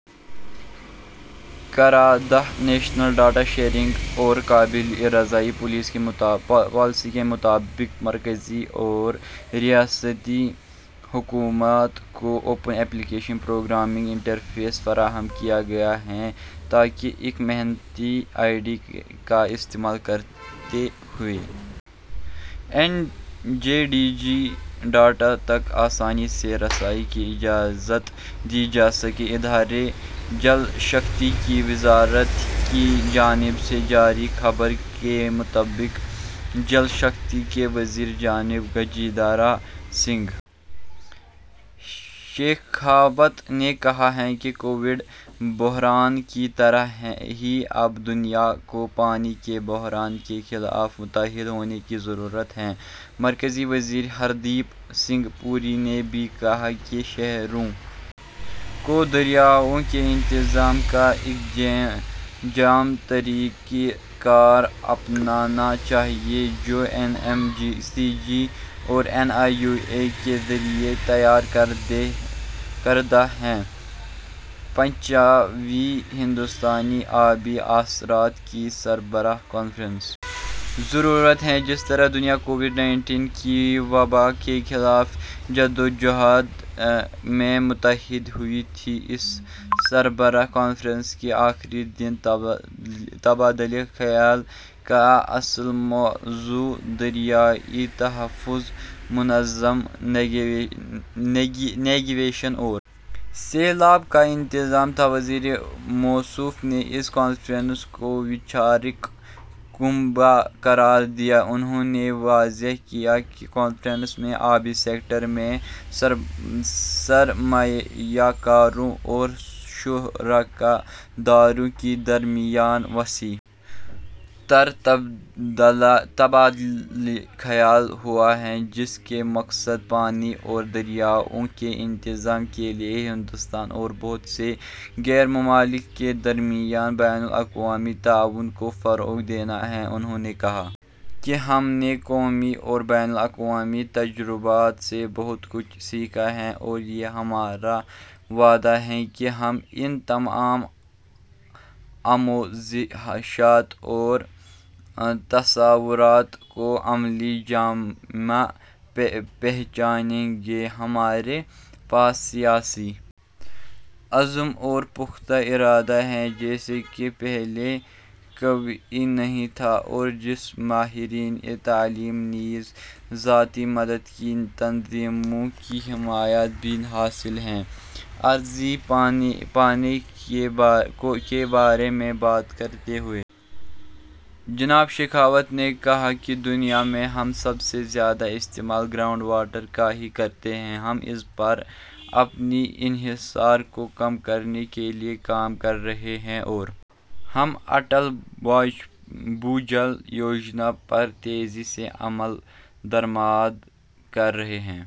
کردہ national data sharing اور قابل رسائی پالیسی کے مطابق مرکزی اور ریاستی حکومتوں کو اوپن ایپلیکیشن پروگرامنگ انٹرفیس فراہم کیا گیا ہے تاکہ ایک محکمہ جاتی آئی ڈی کا استعمال کرتے ہوئے N J D G data تک آسانی سے رسائی کی اجازت دی جا سکے ادھر جل شکتی کی وزارت کی جانب سے جاری خبر کے مطابق جل شکتی کے وزیر جناب گجیندر سنگھ شیخاوت نے کہا ہے کہ کووڈ بحران کی طرح ہی اب دنیا کو پانی کے بحران کے خلاف متحد ہونے کی ضرورت ہے مرکزی وزیر ہردیپ سنگھ پوری نے بھی کہا کہ شہروں کو دریاؤں کے انتظام کا ایک جامع طریقہ کار اپنانا چاہیے جو این ایم سی جی اور این آئی یو اے کے ذریعے تیار کردہ ہے پانچویں ہندوستانی آبی اثرات کی سربراہ کانفرنس ضرورت ہے جس طرح دنیا کووڈ انیس کی وباء کے خلاف جدوجہد میں متحد ہوئی تھی اس سربراہ کانفرنس کے آخری دن تبادلہ خیال کا اصل موضوع دریائی تحفظ منضبط نیوی گیشن اور سیلاب کا انتظام تھا وزیر موصوف نے اس کانفرنس کو ویچارک کنبھ قرار دیا انہوں نے واضح کیا کہ اس کانفرنس میں آبی سیکٹر میں سرمایہ کاروں اور شراکت داروں کے درمیان وسیع تر تبادلہ خیال ہوا ہے جس کا مقصد پانی اور دریاؤں کے انتظام کے لیے ہندوستان اور بہت سے غیر ممالک کے درمیان بین الاقوامی تعاون کو فروغ دینا ہے انہوں نے کہا کہ ہم نے قومی اور بین الاقوامی تجربات سے بہت کچھ سیکھا ہے اور یہ ہمارا وعدہ ہے کہ ہم ان تمام آموزشات اور تصورات کو عملی جامہ پہنائیں گے ہمارے پاس سیاسی عزم اور پختہ ارادہ ہے جیسا کہ پہلے کبھی نہیں تھا اور جسے ماہرین تعلیم نیز ذاتی مدد کی تنظیموں کی حمایت بھی حاصل ہے ارضی پانی کے بارے میں بات کرتے ہوئے جناب شیخاوت نے کہا کہ دنیا میں ہم سب سے زیادہ استعمال گراؤنڈ واٹر کا ہی کرتے ہیں ہم اس پر اپنے انحصار کو کم کرنے کے لیے کام کر رہے ہیں اور ہم اٹل بھوجل یوجنا پر تیزی سے عمل درآمد کر رہے ہیں